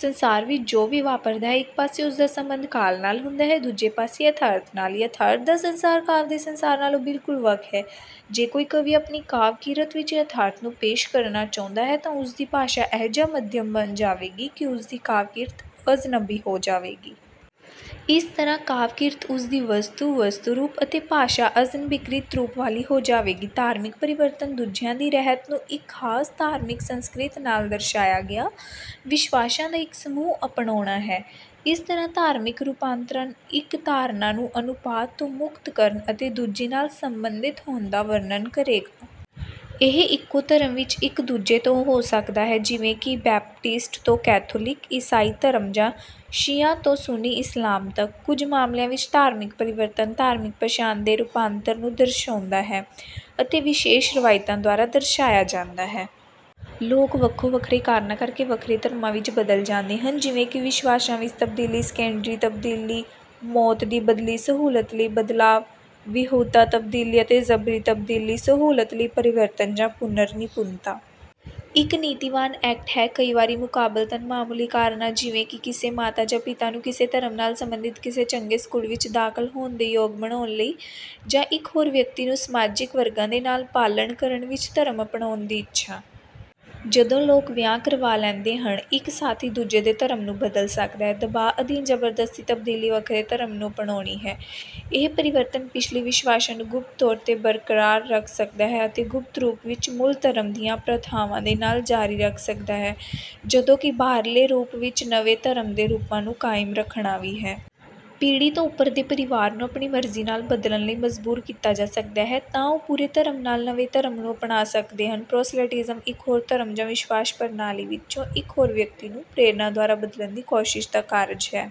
ਸੰਸਾਰ ਵਿੱਚ ਜੋ ਵੀ ਵਾਪਰਦਾ ਹੈ ਇਕ ਪਾਸੇ ਉਸ ਦਾ ਸੰਬੰਧ ਕਾਲ ਨਾਲ ਹੁੰਦਾ ਹੈ ਦੂਜੇ ਪਾਸੇ ਯਥਾਰਥ ਨਾਲ। ਯਥਾਰਥ ਦਾ ਸੰਸਾਰ ਕਾਵਿ ਦੇ ਸੰਸਾਰ ਨਾਲੋਂ ਬਿਲਕੁਲ ਵੱਖ ਹੈ। ਜੇ ਕੋਈ ਕਵੀ ਆਪਣੀ ਕਾਵਿ-ਕਿਰਤ ਵਿੱਚ ਯਥਾਰਥ ਨੂੰ ਪੇਸ਼ ਕਰਨਾ ਚਾਹੁੰਦਾ ਹੈ ਤਾਂ ਉਸਦੀ ਭਾਸ਼ਾ ਅਜਿਹਾ ਮਾਧਿਅਮ ਬਣ ਜਾਵੇਗੀ ਕਿ ਉਸਦੀ ਕਾਵਿ-ਕਿਰਤ ਅਜਨਬੀ ਹੋ ਜਾਵੇਗੀ। ਇਸ ਤਰ੍ਹਾਂ ਕਾਵਿ-ਕਿਰਤ ਉਸਦੀ ਵਸਤੂ, ਵਸਤੂ-ਰੂਪ ਅਤੇ ਭਾਸ਼ਾ ਅਜਨਬੀਕ੍ਰਿਤ ਰੂਪ ਵਾਲੀ ਹੋ ਜਾਵੇਗੀ। ਧਾਰਮਿਕ ਪਰਿਵਰਤਨ ਦੂਜਿਆਂ ਦੀ ਰਹਿਤ ਨੂੰ ਇੱਕ ਖਾਸ ਧਾਰਮਿਕ ਸੰਸਕ੍ਰਿਤ ਨਾਲ ਦਰਸਾਇਆ ਗਿਆ ਵਿਸ਼ਵਾਸਾਂ ਦਾ ਇੱਕ ਸਮੂਹ ਅਪਣਾਉਣਾ ਹੈ। ਇਸ ਤਰ੍ਹਾਂ "ਧਾਰਮਿਕ ਰੂਪਾਂਤਰਣ" ਇੱਕ ਧਾਰਨਾ ਨੂੰ ਅਨੁਪਾਤ ਤੋਂ ਮੁਕਤ ਕਰਨ ਅਤੇ ਦੂਜੀ ਨਾਲ ਸੰਬੰਧਿਤ ਹੋਣ ਦਾ ਵਰਣਨ ਕਰੇਗਾ। ਇਹ ਇੱਕੋ ਧਰਮ ਵਿੱਚ ਇੱਕ ਦੂਜੇ ਤੋਂ ਹੋ ਸਕਦਾ ਹੈ, ਜਿਵੇਂ ਕਿ ਬੈਪਟਿਸਟ ਤੋਂ ਕੈਥੋਲਿਕ ਈਸਾਈ ਧਰਮ ਜਾਂ ਸ਼ੀਆ ਤੋਂ ਸੁੰਨੀ ਇਸਲਾਮ ਤੱਕ। ਕੁਝ ਮਾਮਲਿਆਂ ਵਿੱਚ, ਧਾਰਮਿਕ ਪਰਿਵਰਤਨ "ਧਾਰਮਿਕ ਪਛਾਣ ਦੇ ਰੂਪਾਂਤਰ ਨੂੰ ਦਰਸਾਉਂਦਾ ਹੈ ਅਤੇ ਵਿਸ਼ੇਸ਼ ਰਵਾਇਤਾਂ ਦੁਆਰਾ ਦਰਸ਼ਾਇਆ ਜਾਂਦਾ ਹੈ"। ਲੋਕ ਵੱਖੋ-ਵੱਖਰੇ ਕਾਰਨਾਂ ਕਰਕੇ ਵੱਖਰੇ ਧਰਮਾਂ ਵਿੱਚ ਬਦਲ ਜਾਂਦੇ ਹਨ, ਜਿਵੇਂ ਕਿ ਵਿਸ਼ਵਾਸਾਂ ਵਿੱਚ ਤਬਦੀਲੀ, ਸੈਕੰਡਰੀ ਤਬਦੀਲੀ, ਮੌਤ ਦੀ ਬਦਲੀ, ਸਹੂਲਤ ਲਈ ਬਦਲਾਵ, ਵਿਆਹੁਤਾ ਤਬਦੀਲੀ ਅਤੇ ਜਬਰੀ ਤਬਦੀਲੀ। ਸਹੂਲਤ ਲਈ ਪਰਿਵਰਤਨ ਜਾਂ ਪੁਨਰ-ਨਿਪੁੰਨਤਾ ਇੱਕ ਨੀਤੀਵਾਨ ਐਕਟ ਹੈ, ਕਈ ਵਾਰੀ ਮੁਕਾਬਲਤਨ ਮਾਮੂਲੀ ਕਾਰਨਾਂ ਜਿਵੇਂ ਕਿ ਕਿਸੇ ਮਾਤਾ ਜਾਂ ਪਿਤਾ ਨੂੰ ਕਿਸੇ ਧਰਮ ਨਾਲ ਸਬੰਧਿਤ ਕਿਸੇ ਚੰਗੇ ਸਕੂਲ ਵਿੱਚ ਦਾਖ਼ਲ ਹੋਣ ਦੇ ਯੋਗ ਬਣਾਉਣ ਲਈ, ਜਾਂ ਇੱਕ ਹੋਰ ਵਿਅਕਤੀ ਨੂੰ ਸਮਾਜਿਕ ਵਰਗਾਂ ਦੇ ਨਾਲ ਪਾਲਣ ਕਰਨ ਵਿੱਚ ਧਰਮ ਅਪਣਾਉਣ ਦੀ ਇੱਛਾ। ਜਦੋਂ ਲੋਕ ਵਿਆਹ ਕਰਵਾ ਲੈਂਦੇ ਹਨ, ਇੱਕ ਸਾਥੀ ਦੂਜੇ ਦੇ ਧਰਮ ਨੂੰ ਬਦਲ ਸਕਦਾ ਹੈ। ਦਬਾਅ ਅਧੀਨ ਜ਼ਬਰਦਸਤੀ ਤਬਦੀਲੀ ਵੱਖਰੇ ਧਰਮ ਨੂੰ ਅਪਣਾਉਣੀ ਹੈ। ਇਹ ਪਰਿਵਰਤਨ ਪਿਛਲੀ ਵਿਸ਼ਵਾਸਾਂ ਨੂੰ ਗੁਪਤ ਤੌਰ ਤੇ ਬਰਕਰਾਰ ਰੱਖ ਸਕਦਾ ਹੈ ਅਤੇ ਗੁਪਤ ਰੂਪ ਵਿਚ, ਮੂਲ ਧਰਮ ਦੀਆਂ ਪ੍ਰਥਾਵਾਂ ਦੇ ਨਾਲ ਜਾਰੀ ਰੱਖ ਸਕਦਾ ਹੈ, ਜਦੋਂ ਕਿ ਬਾਹਰਲੇ ਰੂਪ ਵਿੱਚ ਨਵੇਂ ਧਰਮ ਦੇ ਰੂਪਾਂ ਨੂੰ ਕਾਇਮ ਰੱਖਣਾ ਵੀ ਹੈ। ਪੀੜ੍ਹੀ ਤੋਂ ਉਪਰ ਦੇ ਪਰਿਵਾਰ ਨੂੰ ਆਪਣੀ ਮਰਜ਼ੀ ਨਾਲ ਬਦਲਣ ਲਈ ਮਜਬੂਰ ਕੀਤਾ ਜਾ ਸਕਦਾ ਹੈ ਤਾਂ ਉਹ ਪੂਰੇ ਧਰਮ ਨਾਲ ਨਵੇਂ ਧਰਮ ਨੂੰ ਅਪਣਾ ਸਕਦੇ ਹਨ। ਪ੍ਰੋਸਲੇਟਿਜ਼ਮ ਇੱਕ ਹੋਰ ਧਰਮ ਜਾਂ ਵਿਸ਼ਵਾਸ ਪ੍ਰਣਾਲੀ ਵਿੱਚੋਂ ਇੱਕ ਹੋਰ ਵਿਅਕਤੀ ਨੂੰ ਪ੍ਰੇਰਣਾ ਦੁਆਰਾ ਬਦਲਣ ਦੀ ਕੋਸ਼ਿਸ਼ ਦਾ ਕਾਰਜ ਹੈ।